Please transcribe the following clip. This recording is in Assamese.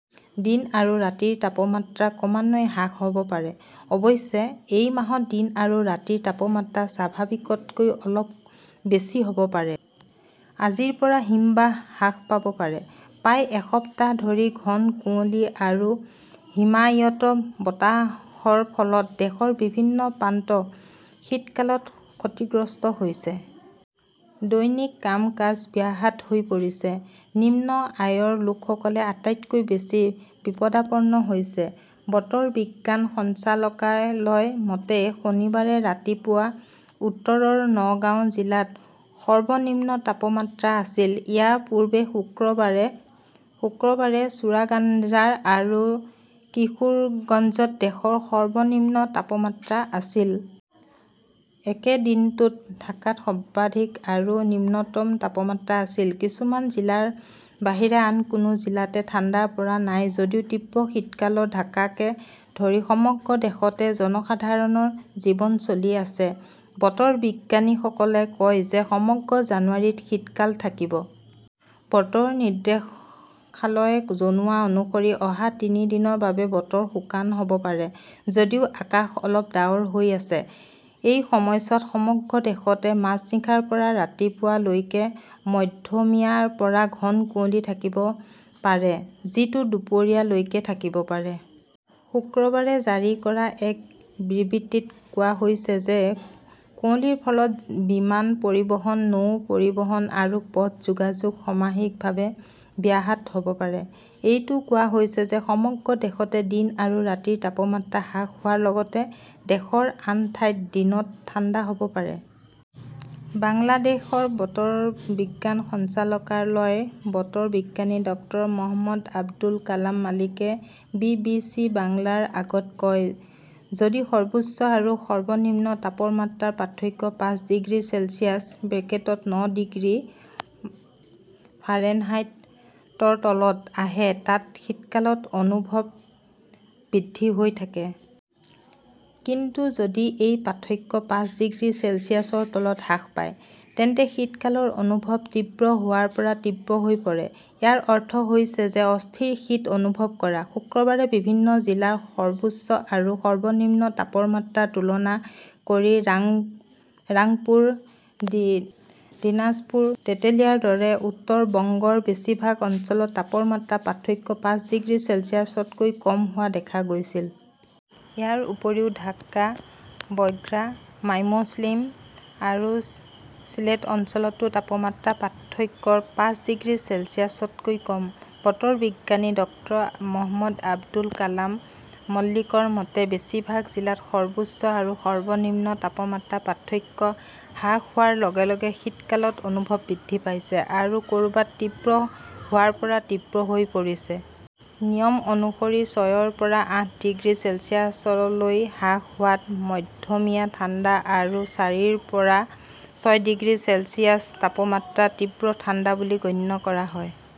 দিন আৰু ৰাতিৰ তাপমাত্ৰা ক্ৰমান্বয়ে হ্ৰাস হ'ব পাৰে। অৱশ্যে, এই মাহত দিন আৰু ৰাতিৰ তাপমাত্ৰা স্বাভাৱিকতকৈ অলপ বেছি হ'ব পাৰে। আজিৰ পৰা হিমবাহ হ্ৰাস হ'ব পাৰে। প্ৰায় এসপ্তাহ ধৰি ঘন কুঁৱলী আৰু হিমায়ত বতাহৰ ফলত দেশৰ বিভিন্ন প্ৰান্ত শীতকালত ক্ষতিগ্ৰস্ত হৈছে। দৈনন্দিন কাম-কাজ ব্যাহত হৈ পৰিছে। নিম্ন আয়ৰ লোকসকল আটাইতকৈ বেছি বিপদাপন্ন হৈছে। বতৰ বিজ্ঞান সঞ্চালকালয়ৰ মতে, শনিবাৰে ৰাতিপুৱা উত্তৰৰ নগাঁও জিলাত সৰ্বনিম্ন তাপমাত্ৰা আছিল। ইয়াৰ পূৰ্বে শুক্ৰবাৰে চুৱাডাঙ্গা আৰু কিশোৰগঞ্জত দেশৰ সৰ্বনিম্ন তাপমাত্ৰা আছিল। একে দিনটোত ঢাকাত সৰ্বাধিক আৰু নিম্নতম তাপমাত্ৰা আছিল। কিছুমান জিলাৰ বাহিৰে আন কোনো জিলাতে ঠাণ্ডা পৰা নাই যদিও তীব্ৰ শীতকালত ঢাকাকে ধৰি সমগ্ৰ দেশতে জনসাধাৰণৰ জীৱন চলি আছে। বতৰ বিজ্ঞানীসকলে কয় যে, সমগ্ৰ জানুৱাৰীত শীতকাল থাকিব। বতৰ নিৰ্দেশালয়ে জনোৱা অনুসৰি অহা তিনি দিনৰ বাবে বতৰ শুকান হ'ব পাৰে যদিও আকাশ অলপ ডাৱৰ হৈ আছে। এই সময়ছোৱাত সমগ্ৰ দেশতে মাজনিশাৰ পৰা ৰাতিপুৱা লৈকে মধ্যমীয়াৰ পৰা ঘন কুঁৱলী থাকিব পাৰে, যিটো দুপৰীয়া লৈকে থাকিব পাৰে। শুক্ৰবাৰে জাৰি কৰা এক বিবৃতিত কোৱা হৈছে যে, কুঁৱলীৰ ফলত বিমান পৰিবহণ, নৌ পৰিবহণ আৰু পথ যোগাযোগ সাময়িকভাৱে ব্যাহত হ'ব পাৰে। এইটোও কোৱা হৈছে যে সমগ্ৰ দেশতে দিন আৰু ৰাতিৰ তাপমাত্ৰা হ্ৰাস হোৱাৰ লগতে দেশৰ আন ঠাইত দিনত ঠাণ্ডা হ'ব পাৰে। বাংলাদেশ বতৰ বিজ্ঞান সঞ্চালকালয়ৰ বতৰ বিজ্ঞানী ডাঃ মহম্মদ আবুল কালাম মালিকে বি. বি. চি. বাংলাৰ আগত কয়, "যদি সৰ্বোচ্চ আৰু নিম্নতম তাপমাত্ৰাৰ পাৰ্থক্য পাঁচ ডিগ্ৰী চেলছিয়াছ (ন' ডিগ্ৰী ফাৰেনহাইট)ৰ তলত আহে, তাত শীতকালৰ অনুভৱ বৃদ্ধি হৈ থাকে।" কিন্তু যদি এই পাৰ্থক্য পাঁচ ডিগ্ৰী চেলছিয়াছৰ তলত হ্ৰাস পায়, তেন্তে শীতকালৰ অনুভৱ তীব্ৰ হোৱাৰ পৰা তীব্ৰ হৈ পৰে। ইয়াৰ অৰ্থ হৈছে অস্থিৰ শীত অনুভৱ কৰা। শুক্ৰবাৰে বিভিন্ন জিলাৰ সৰ্বোচ্চ আৰু নিম্নতম তাপমাত্ৰাৰ তুলনা কৰি ৰাং ৰাংপুৰ, দি দিনাজপুৰ, তেটুলিয়াৰ দৰে উত্তৰ বংগৰ বেছিভাগ অঞ্চলত তাপমাত্ৰাৰ পাৰ্থক্য পাঁচ ডিগ্ৰী চেলছিয়াছতকৈ কম হোৱা দেখা গৈছিল। ইয়াৰ উপৰিও ঢাকা, বগ্ৰা, মাইমশ্বিং আৰু চিলেট অঞ্চলতো তাপমাত্ৰাৰ পাৰ্থক্য পাঁচ ডিগ্ৰী চেলছিয়াছতকৈ কম। বতৰ বিজ্ঞানী ডাঃ মহম্মদ আবুল কালাম মল্লিকৰ মতে, বেছিভাগ জিলাত সৰ্বোচ্চ আৰু নিম্নতম তাপমাত্ৰাৰ পাৰ্থক্য হ্ৰাস হোৱাৰ লগে লগে শীতকালৰ অনুভৱ বৃদ্ধি পাইছে আৰু ক'ৰবাত তীব্ৰ হোৱাৰ পৰা তীব্ৰ হৈ পৰিছে। নিয়ম অনুসৰি, ছয়ৰ পৰা আঠ ডিগ্ৰী চেলছিয়াছলৈ হ্ৰাস হোৱাত মধ্যমীয়া ঠাণ্ডা আৰু চাৰিৰ পৰা ছয় ডিগ্ৰী চেলছিয়াছ তাপমাত্ৰাত তীব্ৰ ঠাণ্ডা বুলি গণ্য কৰা হয়।